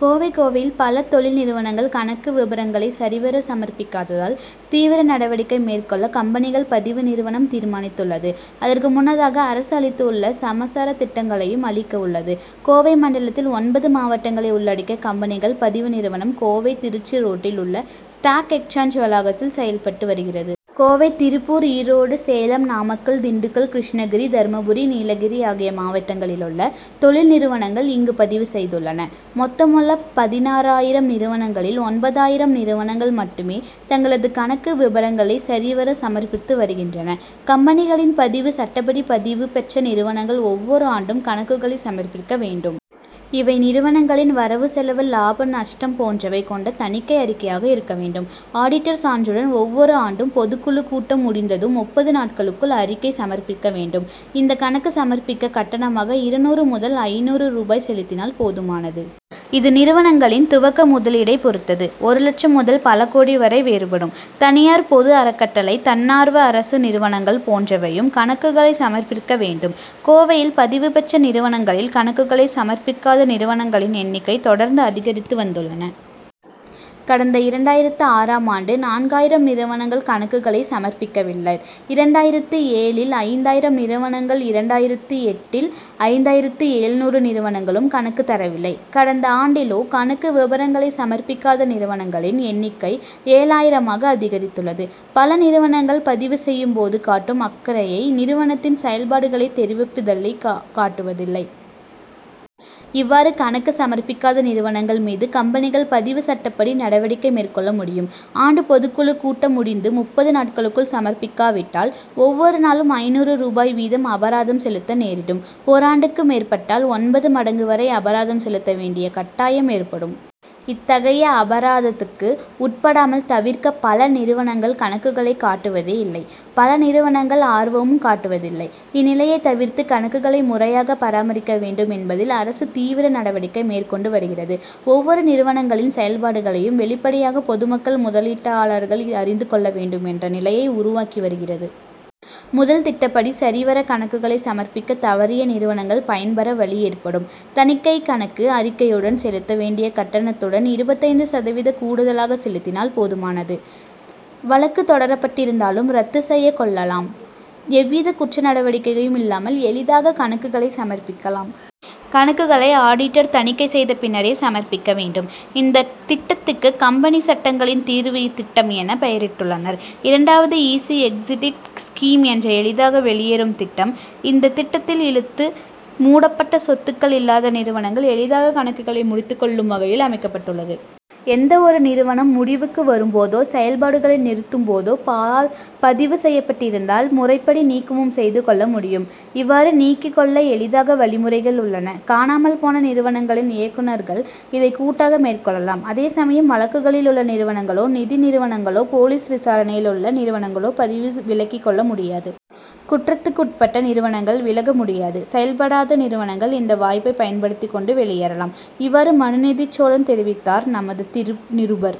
கோவை கோவையில் பல தொழில் நிறுவனங்கள் கணக்கு விபரங்களை சரிவர சமர்ப்பிக்காததால், தீவிர நடவடிக்கை மேற்கொள்ள கம்பெனிகள் பதிவு நிறுவனம் தீர்மானித்துள்ளது. அதற்கு முன்னதாக, அரசு அளித்துள்ள சமரச திட்டங்களையும் அளிக்கவுள்ளது. கோவை மண்டலத்தில் ஒன்பது மாவட்டங்களை உள்ளடக்கிய, கம்பெனிகள் பதிவு நிறுவனம் கோவை, திருச்சி ரோட்டில் உள்ள ஸ்டாக் எக்சேஞ்ச் வளாகத்தில் செயல்பட்டு வருகிறது. கோவை, திருப்பூர், ஈரோடு, சேலம், நாமக்கல், திண்டுக்கல், கிருஷ்ணகிரி, தர்மபுரி, நீலகிரி ஆகிய மாவட்டங்களிலுள்ள தொழில்நிறுவனங்கள் இங்கு பதிவு செய்துள்ளன. மொத்தமுள்ள பதினாறாயிரம் நிறுவனங்களில், ஒன்பதாயிரம் நிறுவனங்கள் மட்டுமே, தங்களது கணக்கு விபரங்களை சரிவர சமர்ப்பித்து வருகின்றன. கம்பெனிகளின் பதிவு சட்டப்படி, பதிவுபெற்ற நிறுவனங்கள் ஒவ்வொரு ஆண்டும் கணக்குகளை சமர்ப்பிக்க வேண்டும். இவை, நிறுவனங்களின் வரவு செலவு, லாபம், நஷ்டம் போன்றவை கொண்ட தணிக்கை அறிக்கையாக இருக்க வேண்டும். ஆடிட்டர் சான்றுடன், ஒவ்வொரு ஆண்டும் பொதுக்குழு கூட்டம் முடிந்ததும் முப்பது நாட்களுக்குள் அறிக்கை சமர்ப்பிக்க வேண்டும். இந்த கணக்கு சமர்ப்பிக்க கட்டணமாக இருநூறு முதல் ஐந்நூறு ரூபாய் செலுத்தினால் போதுமானது. இது, நிறுவனங்களின் துவக்க முதலீடை பொறுத்தது; ஒரு லட்சம் முதல் பல கோடி வரை வேறுபடும். தனியார், பொது, அறக்கட்டளை, தன்னார்வ அரசு நிறுவனங்கள் போன்றவையும் கணக்குகளை சமர்ப்பிக்க வேண்டும். கோவையில் பதிவு பெற்ற நிறுவனங்களில், கணக்குகளை சமர்ப்பிக்காத நிறுவனங்களின் எண்ணிக்கை தொடர்ந்து அதிகரித்து வந்துள்ளன. கடந்த இரண்டாயிரத்து ஆறாம் ஆண்டு நான்காயிரம் நிறுவனங்கள் கணக்குகளை சமர்ப்பிக்கவில்லை. இரண்டாயிரத்து ஏழில் ஐந்தாயிரம் நிறுவனங்களும், இரண்டாயிரத்து எட்டில் ஐந்தாயிரத்து எழுநூறு நிறுவனங்களும் கணக்கு தரவில்லை. கடந்த ஆண்டிலோ, கணக்கு விபரங்களை சமர்ப்பிக்காத நிறுவனங்களின் எண்ணிக்கை ஏழாயிரம் ஆக அதிகரித்துள்ளது. பல நிறுவனங்கள், பதிவு செய்யும் போது காட்டும் அக்கறையை, நிறுவனத்தின் செயல்பாடுகளை தெரிவிப்பதில் காட்டுவதில்லை. இவ்வாறு கணக்கு சமர்ப்பிக்காத நிறுவனங்கள் மீது, கம்பெனிகள் பதிவுச்சட்டப்படி நடவடிக்கை மேற்கொள்ள முடியும். ஆண்டு பொதுக்குழுக் கூட்டம் முடிந்து முப்பது நாட்களுக்குள் சமர்ப்பிக்காவிட்டால், ஒவ்வொரு நாளும் ஐந்நூறு ரூபாய் வீதம் அபராதம் செலுத்த நேரிடும். ஓராண்டுக்கு மேற்பட்டால், ஒன்பது மடங்கு வரை அபராதம் செலுத்த வேண்டிய கட்டாயம் ஏற்படும். இத்தகைய அபராதத்துக்கு உட்படாமல் தவிர்க்க, பல நிறுவனங்கள் கணக்குகளை காட்டுவதே இல்லை. பல நிறுவனங்கள், ஆர்வமும் காட்டுவதில்லை. இந்நிலையை தவிர்த்து, கணக்குகளை முறையாக பராமரிக்க வேண்டும் என்பதில் அரசு தீவிர நடவடிக்கை மேற்கொண்டு வருகிறது. ஒவ்வொறு நிறுவனங்களின் செயல்பாடுகளையும் வெளிப்படையாக பொதுமக்கள், முதலீட்டாளர்கள் அறிந்து கொள்ள வேண்டும் என்ற நிலையை உருவாக்கி வருகிறது. முதல் திட்டப்படி, சரிவர கணக்குகளை சமர்ப்பிக்க தவறிய நிறுவனங்கள் பயன்பெற வழி ஏற்படும். தணிக்கை கணக்கு அறிக்கையுடன், செலுத்த வேண்டிய கட்டணத்துடன் இருபத்தைந்து சதவீதம் கூடுதலாக செலுத்தினால் போதுமானது. வழக்கு தொடரப்பட்டிருந்தாலும், ரத்து செய்து கொள் ளலாம். எவ்வித குற்ற நடவடிக்கையும் இல்லாமல், எளிதாக கணக்குகளை சமர்ப்பிக்கலாம். கணக்குகளை, ஆடிட்டர் தணிக்கை செய்த பின்னரே சமர்ப்பிக்க வேண்டும். இந்த திட்டத்துக்கு, கம்பெனி சட்டங்களின் தீர்வு திட்டம் என பெயரிட்டுள்ளனர். இரண்டாவது ஈஸி எக்ஸிஸ்ட் ஸ்கீம் என்ற எளிதாக வெளியேறும் திட்டம். இந்த திட்டத்தில், இழுத்து மூடப்பட்ட, சொத்துக்கள் இல்லாத நிறுவனங்கள், எளிதாக கணக்குகளை முடித்துக் கொள்ளும் வகையில் அமைக்கப்பட்டுள்ளது. எந்த ஒரு நிறுவனமும் முடிவுக்கு வரும்போதோ, செயல்பாடுகளை நிறுத்தும்போதோ பதிவு செய்யப்பட்டிருந்தால் முறைப்படி நீக்கமும் செய்து கொள்ள முடியும். இவ்வாறு நீக்கிக் கொள்ள எளிதான வழிமுறைகள் உள்ளன. காணாமல் போன நிறுவனங்களின் இயக்குனர்கள் இதை கூட்டாக மேற்கொள்ளலாம். அதேசமயம், வழக்குகளில் உள்ள நிறுவனங்களோ, நிதி நிறுவனங்களோ, போலீஸ் விசாரணையில் உள்ள நிறுவனங்களோ பதிவை விலக்கிக் கொள்ள முடியாது. குற்றத்துக்குட்பட்ட நிறுவனங்கள், விலக முடியாது. செயல்படாத நிறுவனங்கள், இந்த வாய்ப்பை பயன்படுத்திக் கொண்டு வெளியேறலாம். இவ்வாறு, மனுநீதிச்சோழன் தெரிவித்தார். நமது நிருபர்